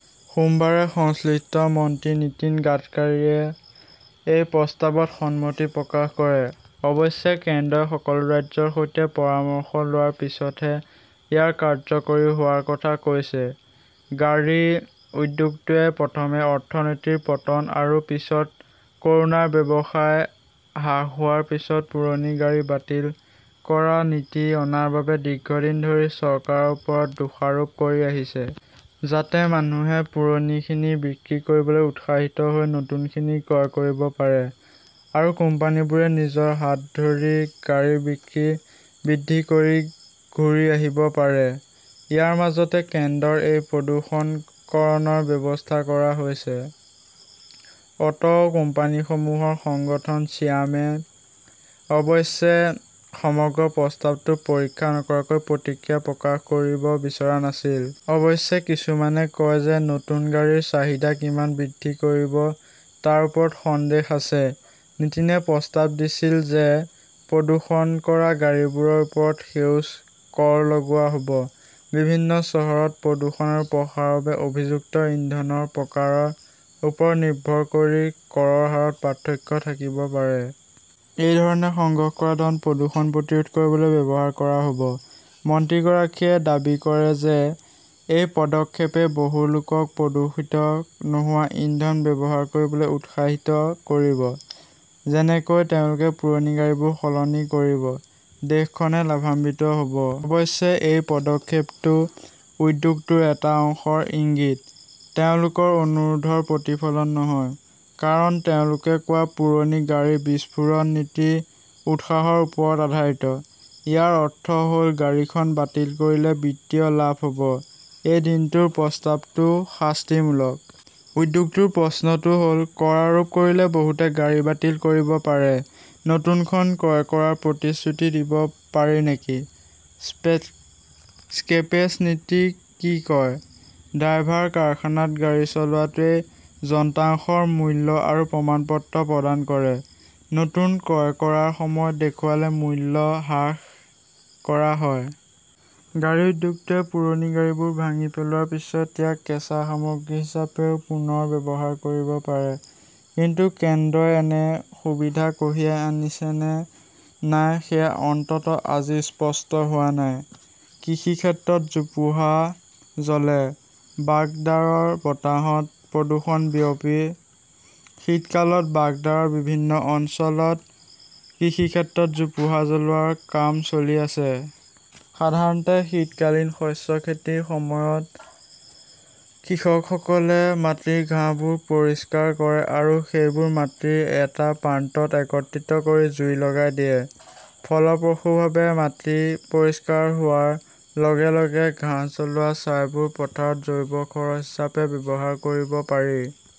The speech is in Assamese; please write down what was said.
সোমবাৰে সংশ্লিষ্ট মন্ত্ৰী নিতিন গাডকীৰীয়ে এই প্ৰস্তাৱত সন্মতি প্ৰকাশ কৰে। অৱশ্যে, কেন্দ্ৰই সকলো ৰাজ্যৰ সৈতে পৰামৰ্শ লোৱাৰ পিছতহে ইয়াৰ কাৰ্যকৰী হোৱাৰ কথা কৈছে। গাড়ী উদ্যোগটোৱে প্ৰথমে অৰ্থনীতিৰ পতন আৰু পিছত কৰোনাৰ ব্যৱসায় হ্ৰাস হোৱাৰ পিছত পুৰণি গাড়ী বাতিল কৰা নীতি অনাৰ বাবে দীৰ্ঘদিন ধৰি চৰকাৰৰ ওচৰত দোষাৰোপ কৰি আহিছে। যাতে মানুহে পুৰণিখিনি বিক্ৰী কৰিবলৈ উৎসাহিত হৈ নতুনখিনি ক্ৰয় কৰিব পাৰে। আৰু কোম্পানীবোৰে নিজৰ হাত ধৰি গাড়ী বিক্ৰী বৃদ্ধি কৰি ঘূৰি আহিব পাৰে। ইয়াৰ মাজতে কেন্দ্ৰৰ এই প্ৰদূষণ কৰকৰ ব্যৱস্থা কৰা হৈছে। অটো কোম্পানীসমূহৰ সংগঠন ছিয়ামে অৱশ্যে সমগ্ৰ প্ৰস্তাৱটো পৰীক্ষা নকৰাকৈ প্ৰতিক্ৰিয়া প্ৰকাশ কৰিব বিচৰা নাছিল। অৱশ্যে, কিছুমানে কয় যে ই নতুন গাড়ীৰ চাহিদা কিমান বৃদ্ধি কৰিব তাৰ ওপৰত সন্দেহ আছে। নিটিনে প্ৰস্তাৱ দিছিল যে প্ৰদূষণ কৰা গাড়ীবোৰৰ ওপৰত সেউজ কৰ লগোৱা হ 'ব। বিভিন্ন চহৰত প্ৰদূষণ আৰু প্ৰসাৰৰ বাবে অভিযুক্ত ইন্ধনৰ প্ৰকাৰৰ ওপৰত নিৰ্ভৰ কৰি কৰৰ হাৰত পাৰ্থক্য থাকিব পাৰে। এই ধৰণে সংগ্ৰহ কৰা ধন প্ৰদূষণ প্ৰতিৰোধ কৰিবলৈ ব্যৱহাৰ কৰা হব। মন্ত্ৰীগৰাকীয়ে দাবী কৰে যে এই পদক্ষেপে বহু লোকক প্ৰদূষিত নোহোৱা ইন্ধন ব্যৱহাৰ কৰিবলৈ উৎসাহিত কৰিব, যেনেকৈ তেওঁলোকে পুৰণি গাড়ীবোৰ সলনি কৰিব। দেশখনে লাভান্বিত হব। অৱশ্যে, এই পদক্ষেপটো উদ্যোগটোৰ এটা অংশৰ ইংগিত, তেওঁলোকৰ অনুৰোধৰ প্ৰতিফলন নহয়। কাৰণ, তেওঁলোকে কোৱা পুৰণি গাড়ী বিস্ফোৰণ নীতি উৎসাহৰ ওপৰত আধাৰিত। ইয়াৰ অৰ্থ হল গাড়ীখন বাতিল কৰিলে বিত্তীয় লাভ হব। এই দিনটোৰ প্ৰস্তাৱটো শাস্তিমূলক। উদ্যোগটোৰ প্ৰশ্নটো হ'ল, কৰ আৰোপ কৰিলে বহুতে গাড়ী বাতিল কৰিব পাৰে। নতুনখন ক্ৰয় কৰাৰ প্ৰতিশ্ৰুতি দিব পাৰি নেকি? স্ক্ৰেপেজ নীতিত কি হয়। ড্ৰাইভাৰ কাৰখানাত গাড়ী চলোৱাটোৱে যন্ত্ৰাংশৰ মূল্য আৰু প্ৰমাণপত্ৰ প্ৰদান কৰে। নতুন ক্ৰয় কৰাৰ সময়ত দেখুৱালে মূল্য হ্ৰাস কৰা হয়। গাড়ী উদ্যোগটোৱে পুৰণি গাড়ীবোৰ ভাঙি পেলোৱাৰ পিছত ইয়াক কেঁচা সামগ্ৰী হিচাপেও পুনৰ ব্যৱহাৰ কৰিব পাৰে। কিন্তু কেন্দ্ৰই এনে সুবিধা কঢ়িয়াই আনিছে নে নাই সেয়া অন্ততঃ আজি স্পষ্ট হোৱা নাই। কৃষিক্ষেত্ৰত জোপোহা জ্বলে, বাগদাৰৰ বতাহত প্ৰদূষণ বিয়পে শীতকালত বাগদাৰৰ বিভিন্ন অঞ্চলত কৃষিক্ষেত্ৰত জোপোহা জ্বলোৱাৰ কাম চলি আছে। সাধাৰণতে শীতকালীন শস্য খেতিৰ সময়ত, কৃষকসকলে মাটিৰ ঘাঁহবোৰ পৰিষ্কাৰ কৰে আৰু সেইবোৰ মাটিৰ এটা প্ৰান্তত একত্ৰিত কৰি জুই লগাই দিয়ে। ফলপ্ৰসূভাৱে মাটি পৰিষ্কাৰ হোৱাৰ লগে-লগে ঘাঁহ জ্বলোৱা ছাইবোৰ পথাৰত জৈৱ খৰচ হিচাপে ব্যৱহাৰ কৰিব পাৰি।